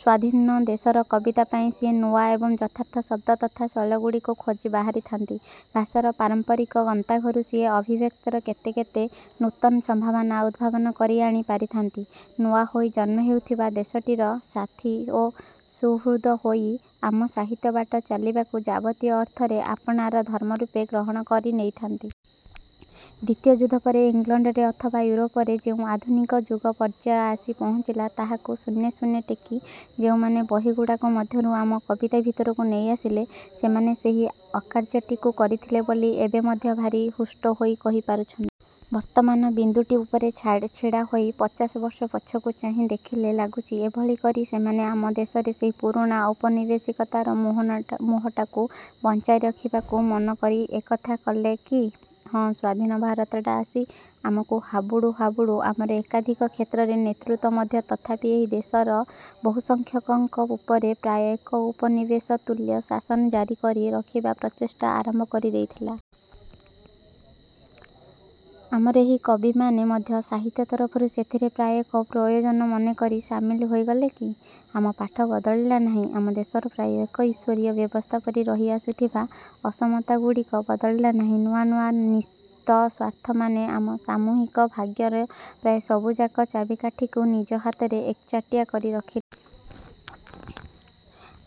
ସ୍ଵାଧୀନ ଦେଶର କବିତା ପାଇଁ ସିଏ ନୂଆ ଏବଂ ଯଥାର୍ଥ ଶବ୍ଦ ତଥା ଶୈଳଗୁଡ଼ିକୁ ଖୋଜି ବାହାରିଥାନ୍ତି। ଭାଷାର ପାରମ୍ପରିକ ଗନ୍ତାଘରୁ ସିଏ ଅଭିବ୍ୟକ୍ତିର କେତେ କେତେ ନୂତନ ସମ୍ଭାବନା ଉଦ୍ଭାବନ କରି ଆଣି ପାରିଥାନ୍ତି। ନୂଆ ହୋଇ ଜନ୍ମ ହେଉଥିବା ଦେଶଟିର ସାଥୀ ଓ ସୁହୃତ ହୋଇ ଆମ ସାହିତ୍ୟ ବାଟ ଚାଲିବାକୁ ଯାବତୀୟ ଅର୍ଥରେ ଆପଣାର ଧର୍ମରୂପେ ଗ୍ରହଣ କରି ନେଇଥାନ୍ତା। ଦ୍ଵିତୀୟ ଯୁଦ୍ଧ ପରେ ଇଂଲଣ୍ଡରେ ଅଥବା ଇଉରୋପରେ ଯେଉଁ ଆଧୁନିକ ଯୁଗପର୍ଯ୍ୟାୟ ଆସି ପହଞ୍ଚିଲା ତାହାକୁ ଶୂନ୍ୟେ ଶୂନ୍ୟେ ଟେକି ଯେଉଁମାନେ ବହିଗୁଡ଼ାକ ମଧ୍ୟରୁ ଆମ କବିତା ଭିତରକୁ ନେଇ ଆସିଲେ, ସେମାନେ ସେହି ଅକାର୍ଯ୍ୟଟିକୁ କରିଥିଲେ ବୋଲି ଏବେ ମଧ୍ୟ ଭାରି ହୃଷ୍ଟ ହୋଇ କହି ପାରୁଛନ୍ତି। ବର୍ତ୍ତମାନ ବିନ୍ଦୁଟି ଉପରେ ଛାଡ଼ ଛିଡ଼ାହୋଇ ପଚାଶବର୍ଷ ପଛକୁ ଚାହିଁ ଦେଖିଲେ ଲାଗୁଛି ଏଭଳି କରି ସେମାନେ ଆମ ଦେଶରେ ସେହି ପୁରୁଣା ଔପନିବେଶିକତାର ମୋହନାଟା ମୋହଟାକୁ ବଞ୍ଚାଇ ରଖିବାକୁ ମନ କରି ଏକଥା କଲେ କି? ହଁ ସ୍ୱାଧୀନ ଭାରତଟା ଆସି ଆମକୁ ହାବୁଡୁ ହାବୁଡୁ ଆମର ଏକାଧିକ କ୍ଷେତ୍ରରେ ନେତୃତ୍ଵ ମଧ୍ୟ ତଥାପି ଏହି ଦେଶର ବହୁସଂଖ୍ୟକଙ୍କ ଉପରେ ପ୍ରାୟ ଏକ ଉପନିବେଶତୁଲ୍ୟ ଶାସନ ଜାରି କରି ରଖିବା ପ୍ରଚେଷ୍ଟା ଆରମ୍ଭ କରି ଦେଇଥିଲା। ଆମର ଏହି କବିମାନେ ମଧ୍ୟ ସାହିତ୍ୟ ତରଫରୁ ସେଥିରେ ପ୍ରାୟ ଏକ ପ୍ରୟୋଜନ ମନେକରି ସାମିଲ ହୋଇଗଲେ କି? ଆମ ପାଠ ବଦଳିଲା ନାହିଁ। ଆମ ଦେଶରେ ପ୍ରାୟ ଏକ ଈଶ୍ୱରୀୟ ବ୍ୟବସ୍ଥା ପରି ରହି ଆସୁଥିବା ଅସମତାଗୁଡ଼ିକ ବଦଳିଲା ନାହିଁ, ନୂଆ ନୂଆ ନିସ୍ତସ୍ୱାର୍ଥମାନେ ଆମ ସାମୂହିକ ଭାଗ୍ୟରେ ପ୍ରାୟ ସବୁଯାକ ଚାବିକାଠିକୁ ନିଜ ହାତରେ ଏକଚାଟିଆ କରି ରଖିଲେ।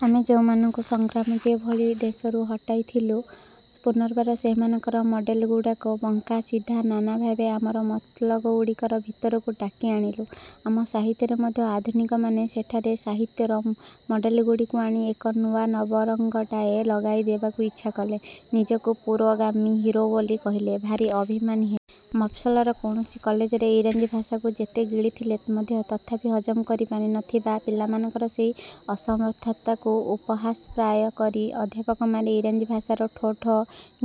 ଆମେ ଯେଉଁମାନଙ୍କୁ ସଂଗ୍ରାମଟିଏ ଭଳି ଦେଶରୁ ହଟାଇଥିଲୁ, ପୁନର୍ବାର ସେହିମାନଙ୍କର ମଡ଼େଲଗୁଡ଼ାକ ବଙ୍କା ସିଧା ନାନାଭାବେ ଆମର ମତଲଗୁଡ଼ିକର ଭିତରକୁ ଡାକି ଆଣିଲୁ। ଆମ ସାହିତ୍ୟରେ ମଧ୍ୟ ଆଧୁନିକମାନେ ସେଠାରେ ସାହିତ୍ୟର ମଡ଼େଲଗୁଡ଼ିକୁ ଆଣି ଏକ ନୂଆ ନବରଙ୍ଗଟାଏ ଲଗାଇ ଦେବାକୁ ଇଚ୍ଛା କଲେ। ନିଜକୁ ପୁରୋଗାମୀ ହିରୋ ବୋଲି କହିଲେ, ଭାରି ଅଭିମାନୀ ହେଲେ। ମଫସଲର କୌଣସି କଲେଜରେ ଇଂରାଜୀ ଭାଷାକୁ ଯେତେ ଗିଳିଥିଲେ ମଧ୍ୟ ତଥାପି ହଜମ କରିପାରି ନଥିବା ପିଲାମାନଙ୍କର ସେହି ଅସମର୍ଥତାକୁ ଉପହାସପ୍ରାୟ କରି ଅଧ୍ୟାପକମାନେ ଇଂରାଜୀ ଭାଷାର ଠୋ ଠା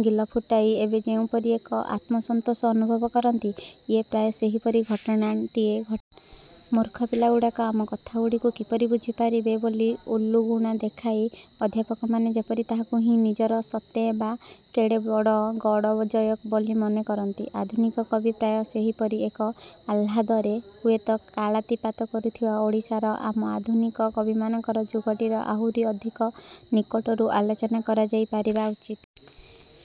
ଗିଲ ଫୁଟାଇ ଏବେ ଯେଉଁପରି ଏକ ଆତ୍ମସନ୍ତୋଷ ଅନୁଭବ କରନ୍ତି, ଇଏ ପ୍ରାୟ ସେହିପରି ଘଟଣାଟିଏ ଘଟିଲା। ମୂର୍ଖ ପିଲାଗୁଡ଼ାକ ଆମ କଥାଗୁଡ଼ିକୁ କିପରି ବୁଝିପାରିବେ ବୋଲି ଉଲୁଗୁଣା ଦେଖାଇ ଅଧ୍ୟାପକମାନେ ଯେପରି ତାହାକୁ ହିଁ ନିଜର ସତେଅବା କେଡ଼େବଡ଼ ଗଡ଼ଜୟ ବୋଲି ମନେ କରନ୍ତି, ଆଧୁନିକ କବି ପ୍ରାୟ ସେହିପରି ଏକ ଆହ୍ଲାଦରେ ହୁଏତ କାଳାତିପାତ କରୁଥିବ। ଓଡ଼ିଶାର ଆମ ଆଧୁନିକ କବିମାନଙ୍କର ଯୁଗଟିର ଆହୁରି ଅଧିକ ନିକଟରୁ ଆଲୋଚନା କରାଯାଇ ପାରିବା ଉଚିତ।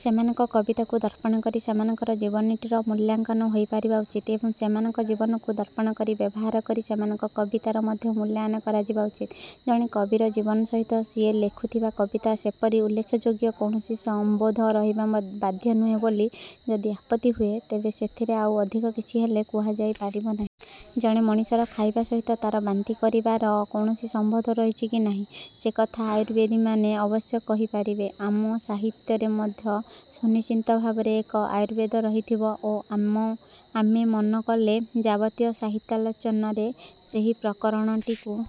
ସେମାନଙ୍କ କବିତାକୁ ଦର୍ପଣ କରି ସେମାନଙ୍କର ଜୀବନିଟିର ମୂଲ୍ୟାଙ୍କନ ହୋଇପାରିବା ଉଚିତ୍ ଏବଂ ସେମାନଙ୍କ ଜୀବନକୁ ଦର୍ପଣ ପରି ବ୍ୟବହାର କରି ସେମାନଙ୍କ କବିତାର ମଧ୍ୟ ମୂଲ୍ୟାୟନ କରାଯିବା ଉଚିତ୍। ଜଣେ କବିର ଜୀବନ ସହିତ ସିଏ ଲେଖୁଥିବା କବିତା ସେପରି ଉଲ୍ଲେଖଯୋଗ୍ୟ କୌଣସି ସମ୍ବନ୍ଧ ରହିବା ବାଧ୍ୟ ନୁହେଁ ବୋଲି ଯଦି ଆପତ୍ତି ହୁଏ, ତେବେ ସେଥିରେ ଆଉ ଅଧିକ କିଛି ହେଲେ କୁହାଯାଇ ପାରିବ ନାହିଁ। ଜଣେ ମଣିଷର ଖାଇବା ସହିତ ତାର ବାନ୍ତି କରିବାର କୌଣସି ସମ୍ବନ୍ଧ ରହିଛି କି ନାହିଁ, ସେକଥା ଆୟୁର୍ବେଦୀମାନେ ଅବଶ୍ୟ କହିପାରିବେ। ଆମ ସାହିତ୍ୟରେ ମଧ୍ୟ ସୁନିଶ୍ଚିତ ଭାବରେ ଏକ ଆୟୁର୍ବେଦ ରହିଥିବ ଓ ଆମ ଆମେ ମନ କଲେ ଯାବତୀୟ ସାହିତ୍ୟାଲୋଚନାରେ ସେହି ପ୍ରକରଣଟିକୁ--